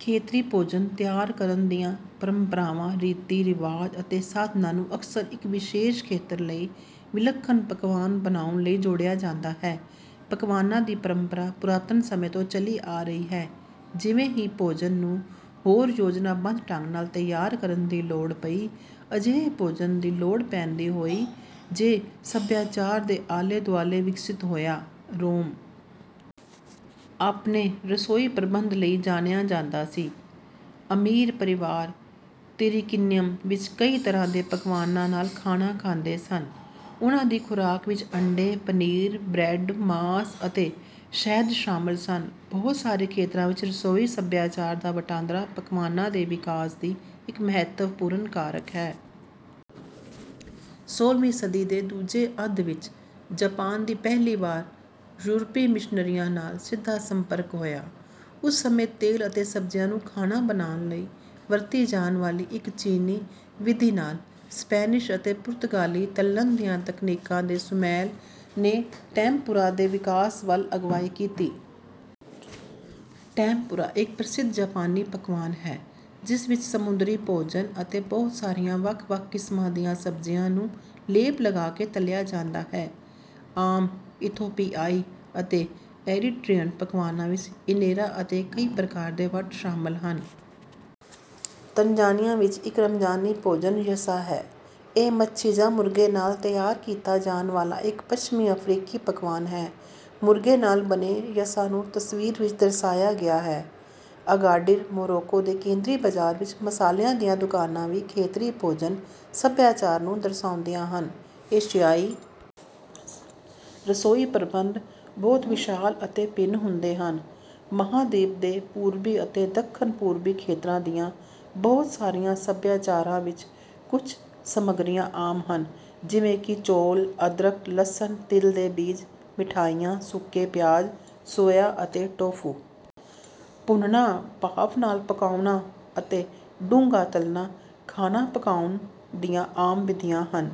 ਖੇਤਰੀ ਭੋਜਨ ਤਿਆਰ ਕਰਨ ਦੀਆਂ ਪਰੰਪਰਾਵਾਂ, ਰੀਤੀ-ਰਿਵਾਜਾਂ ਅਤੇ ਸਾਧਨਾਂ ਨੂੰ ਅਕਸਰ ਇੱਕ ਵਿਸ਼ੇਸ਼ ਖੇਤਰ ਲਈ ਵਿਲੱਖਣ ਪਕਵਾਨ ਬਣਾਉਣ ਲਈ ਜੋੜਿਆ ਜਾਂਦਾ ਹੈ। ਪਕਵਾਨਾਂ ਦੀ ਪਰੰਪਰਾ ਪੁਰਾਤਨ ਸਮੇਂ ਤੋਂ ਚੱਲੀ ਆ ਰਹੀ ਹੈ। ਜਿਵੇਂ ਹੀ ਭੋਜਨ ਨੂੰ ਹੋਰ ਯੋਜਨਾਬੱਧ ਢੰਗ ਨਾਲ ਤਿਆਰ ਕਰਨ ਦੀ ਲੋੜ ਪਈ, ਅਜਿਹੇ ਭੋਜਨ ਦੀ ਲੋੜ ਪੈਦਾ ਹੋਈ ਜੋ ਸੱਭਿਆਚਾਰ ਦੇ ਆਲੇ-ਦੁਆਲੇ ਵਿਕਸਤ ਹੋਇਆ। ਰੋਮ ਆਪਣੇ ਰਸੋਈ ਪ੍ਰਬੰਧ ਲਈ ਜਾਣਿਆ ਜਾਂਦਾ ਸੀ। ਅਮੀਰ ਪਰਿਵਾਰ ਤਿਰਕਿਨਿਅਮ ਵਿੱਚ ਕਈ ਤਰ੍ਹਾਂ ਦੇ ਪਕਵਾਨਾਂ ਨਾਲ ਖਾਣਾ ਖਾਂਦੇ ਸਨ। ਉਨ੍ਹਾਂ ਦੀ ਖੁਰਾਕ ਵਿੱਚ ਅੰਡੇ, ਪਨੀਰ, ਬਰੈੱਡ, ਮਾਸ ਅਤੇ ਸ਼ਹਿਦ ਸ਼ਾਮਲ ਸਨ। ਬਹੁਤ ਸਾਰੇ ਖੇਤਰਾਂ ਵਿੱਚ ਰਸੋਈ ਸੱਭਿਆਚਾਰ ਦਾ ਵਟਾਂਦਰਾ ਪਕਵਾਨਾਂ ਦੇ ਵਿਕਾਸ ਦਾ ਇੱਕ ਮਹੱਤਵਪੂਰਨ ਕਾਰਕ ਹੈ। ਸੋਲ੍ਹਵੀਂ ਸਦੀ ਦੇ ਦੂਜੇ ਅੱਧ ਵਿੱਚ ਜਾਪਾਨ ਦਾ ਪਹਿਲੀ ਵਾਰ ਯੂਰਪੀ ਮਿਸ਼ਨਰੀਆਂ ਨਾਲ ਸਿੱਧਾ ਸੰਪਰਕ ਹੋਇਆ। ਉਸ ਸਮੇਂ ਤੇਲ ਅਤੇ ਸਬਜ਼ੀਆਂ ਨੂੰ ਖਾਣਾ ਬਣਾਉਣ ਲਈ ਵਰਤੀ ਜਾਣ ਵਾਲੀ ਇੱਕ ਚੀਨੀ ਵਿਧੀ ਨਾਲ ਸਪੈਨਿਸ਼ ਅਤੇ ਪੁਰਤਗਾਲੀ ਤਲ਼ਣ ਦੀਆਂ ਤਕਨੀਕਾਂ ਦੇ ਸੁਮੇਲ ਨੇ ਟੈਂਮਪੂਰਾ ਦੇ ਵਿਕਾਸ ਵੱਲ ਅਗਵਾਈ ਕੀਤੀ। ਟੈਂਮਪੂਰਾ ਇੱਕ ਪ੍ਰਸਿੱਧ ਜਾਪਾਨੀ ਪਕਵਾਨ ਹੈ, ਜਿਸ ਵਿੱਚ ਸਮੁੰਦਰੀ ਭੋਜਨ ਅਤੇ ਬਹੁਤ ਸਾਰੀਆਂ ਵੱਖ-ਵੱਖ ਕਿਸਮਾਂ ਦੀਆਂ ਸਬਜ਼ੀਆਂ ਨੂੰ ਲੇਪ ਲਗਾ ਕੇ ਤਲਿਆ ਜਾਂਦਾ ਹੈ। ਆਮ ਇਥੋਪੀਆਈ ਅਤੇ ਏਰੀਟ੍ਰੀਅਨ ਪਕਵਾਨਾਂ ਵਿੱਚ ਇਨੇਰਾ ਅਤੇ ਕਈ ਪ੍ਰਕਾਰ ਦੇ ਵੱਟ ਸ਼ਾਮਲ ਹਨ। ਤਨਜ਼ਾਨੀਆ ਵਿੱਚ ਇੱਕ ਰਮਜ਼ਾਨੀ ਭੋਜਨ ‘ਯੱਸਾ’ ਹੈ। ਇਹ ਮੱਛੀ ਜਾਂ ਮੁਰਗੇ ਨਾਲ ਤਿਆਰ ਕੀਤਾ ਜਾਣ ਵਾਲਾ ਇੱਕ ਪੱਛਮੀ ਅਫ਼ਰੀਕੀ ਪਕਵਾਨ ਹੈ। ਮੁਰਗੇ ਨਾਲ ਬਣੇ ਯੱਸਾ ਨੂੰ ਤਸਵੀਰ ਵਿੱਚ ਦਰਸਾਇਆ ਗਿਆ ਹੈ। ਅਗਾਡਿਰ, ਮੋਰੋਕੋ ਦੇ ਕੇਂਦਰੀ ਬਾਜ਼ਾਰ ਵਿੱਚ ਮਸਾਲਿਆਂ ਦੀਆਂ ਦੁਕਾਨਾਂ ਵੀ ਖੇਤਰੀ ਭੋਜਨ-ਸੱਭਿਆਚਾਰ ਨੂੰ ਦਰਸਾਉਂਦੀਆਂ ਹਨ। ਏਸ਼ੀਆਈ ਰਸੋਈ ਪ੍ਰਬੰਧ ਬਹੁਤ ਵਿਸ਼ਾਲ ਅਤੇ ਭਿੰਨ ਹੁੰਦੇ ਹਨ। ਮਹਾਂਦੀਪ ਦੇ ਪੂਰਬੀ ਅਤੇ ਦੱਖਣ-ਪੂਰਬੀ ਖੇਤਰਾਂ ਦੀਆਂ ਬਹੁਤ ਸਾਰੀਆਂ ਸੱਭਿਆਚਾਰਾਂ ਵਿੱਚ ਕੁਝ ਸਮੱਗਰੀਆਂ ਆਮ ਹਨ, ਜਿਵੇਂ ਕਿ ਚੌਲ, ਅਦਰਕ, ਲਸਣ, ਤਿਲ ਦੇ ਬੀਜ, ਮਿਠਾਈਆਂ, ਸੁੱਕੇ ਪਿਆਜ਼, ਸੋਇਆ ਅਤੇ ਟੋਫੂ। ਭੁੰਨਣਾ, ਭਾਫ਼ ਨਾਲ ਪਕਾਉਣਾ ਅਤੇ ਡੂੰਘਾ ਤਲ਼ਣਾ ਖਾਣਾ ਪਕਾਉਣ ਦੀਆਂ ਆਮ ਵਿਧੀਆਂ ਹਨ।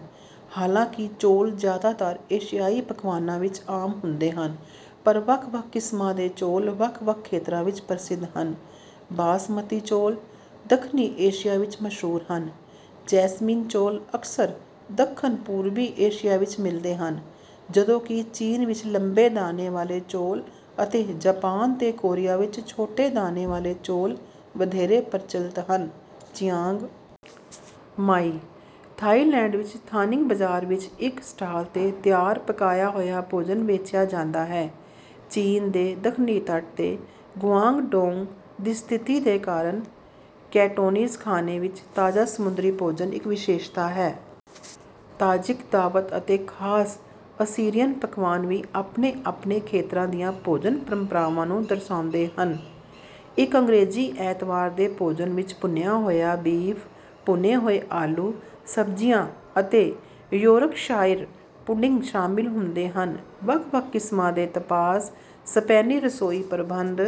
ਹਾਲਾਂਕਿ ਚੌਲ ਜ਼ਿਆਦਾਤਰ ਏਸ਼ੀਆਈ ਪਕਵਾਨਾਂ ਵਿੱਚ ਆਮ ਹੁੰਦੇ ਹਨ, ਪਰ ਵੱਖ-ਵੱਖ ਕਿਸਮਾਂ ਦੇ ਚੌਲ ਵੱਖ-ਵੱਖ ਖੇਤਰਾਂ ਵਿੱਚ ਪ੍ਰਸਿੱਧ ਹਨ। ਬਾਸਮਤੀ ਚੌਲ ਦੱਖਣੀ ਏਸ਼ੀਆ ਵਿੱਚ ਮਸ਼ਹੂਰ ਹਨ, ਜੈਸਮੀਨ ਚੌਲ ਅਕਸਰ ਦੱਖਣ-ਪੂਰਬੀ ਏਸ਼ੀਆ ਵਿੱਚ ਮਿਲਦੇ ਹਨ, ਜਦੋਂਕਿ ਚੀਨ ਵਿੱਚ ਲੰਬੇ ਦਾਣੇ ਵਾਲੇ ਚੌਲ ਅਤੇ ਜਾਪਾਨ ਤੇ ਕੋਰੀਆ ਵਿੱਚ ਛੋਟੇ ਦਾਣੇ ਵਾਲੇ ਚੌਲ ਵਧੇਰੇ ਪ੍ਰਚਲਿਤ ਹਨ। ਚਿਆਂਗ ਮਾਈ, ਥਾਈਲੈਂਡ ਵਿੱਚ ਥਾਨਿੰਗ ਬਾਜ਼ਾਰ ਵਿੱਚ ਇੱਕ ਸਟਾਲ ’ਤੇ ਤਿਆਰ ਪਕਾਇਆ ਹੋਇਆ ਭੋਜਨ ਵੇਚਿਆ ਜਾਂਦਾ ਹੈ। ਚੀਨ ਦੇ ਦੱਖਣੀ ਤੱਟ ’ਤੇ ਗੁਆਂਗਡੋਂਗ ਦੀ ਸਥਿਤੀ ਦੇ ਕਾਰਨ, ਕੈਂਟੋਨੀਜ਼ ਖਾਣੇ ਵਿੱਚ ਤਾਜ਼ਾ ਸਮੁੰਦਰੀ ਭੋਜਨ ਇੱਕ ਵਿਸ਼ੇਸ਼ਤਾ ਹੈ। ਤਾਜਿਕ ਦਾਵਤ ਅਤੇ ਖਾਸ ਅਸੀਰੀਅਨ ਪਕਵਾਨ ਵੀ ਆਪਣੇ-ਆਪਣੇ ਖੇਤਰਾਂ ਦੀਆਂ ਭੋਜਨ ਪਰੰਪਰਾਵਾਂ ਨੂੰ ਦਰਸਾਉਂਦੇ ਹਨ। ਇੱਕ ਅੰਗਰੇਜ਼ੀ ਐਤਵਾਰ ਦੇ ਭੋਜਨ ਵਿੱਚ ਭੁੰਨਿਆ ਹੋਇਆ ਬੀਫ, ਭੁੰਨੇ ਹੋਏ ਆਲੂ, ਸਬਜ਼ੀਆਂ ਅਤੇ ਯੌਰਕਸ਼ਾਇਰ ਪੁਡਿੰਗ ਸ਼ਾਮਲ ਹੁੰਦੇ ਹਨ। ਵੱਖ-ਵੱਖ ਕਿਸਮਾਂ ਦੇ ਤਪਾਸ ਸਪੇਨੀ ਰਸੋਈ ਪ੍ਰਬੰਧ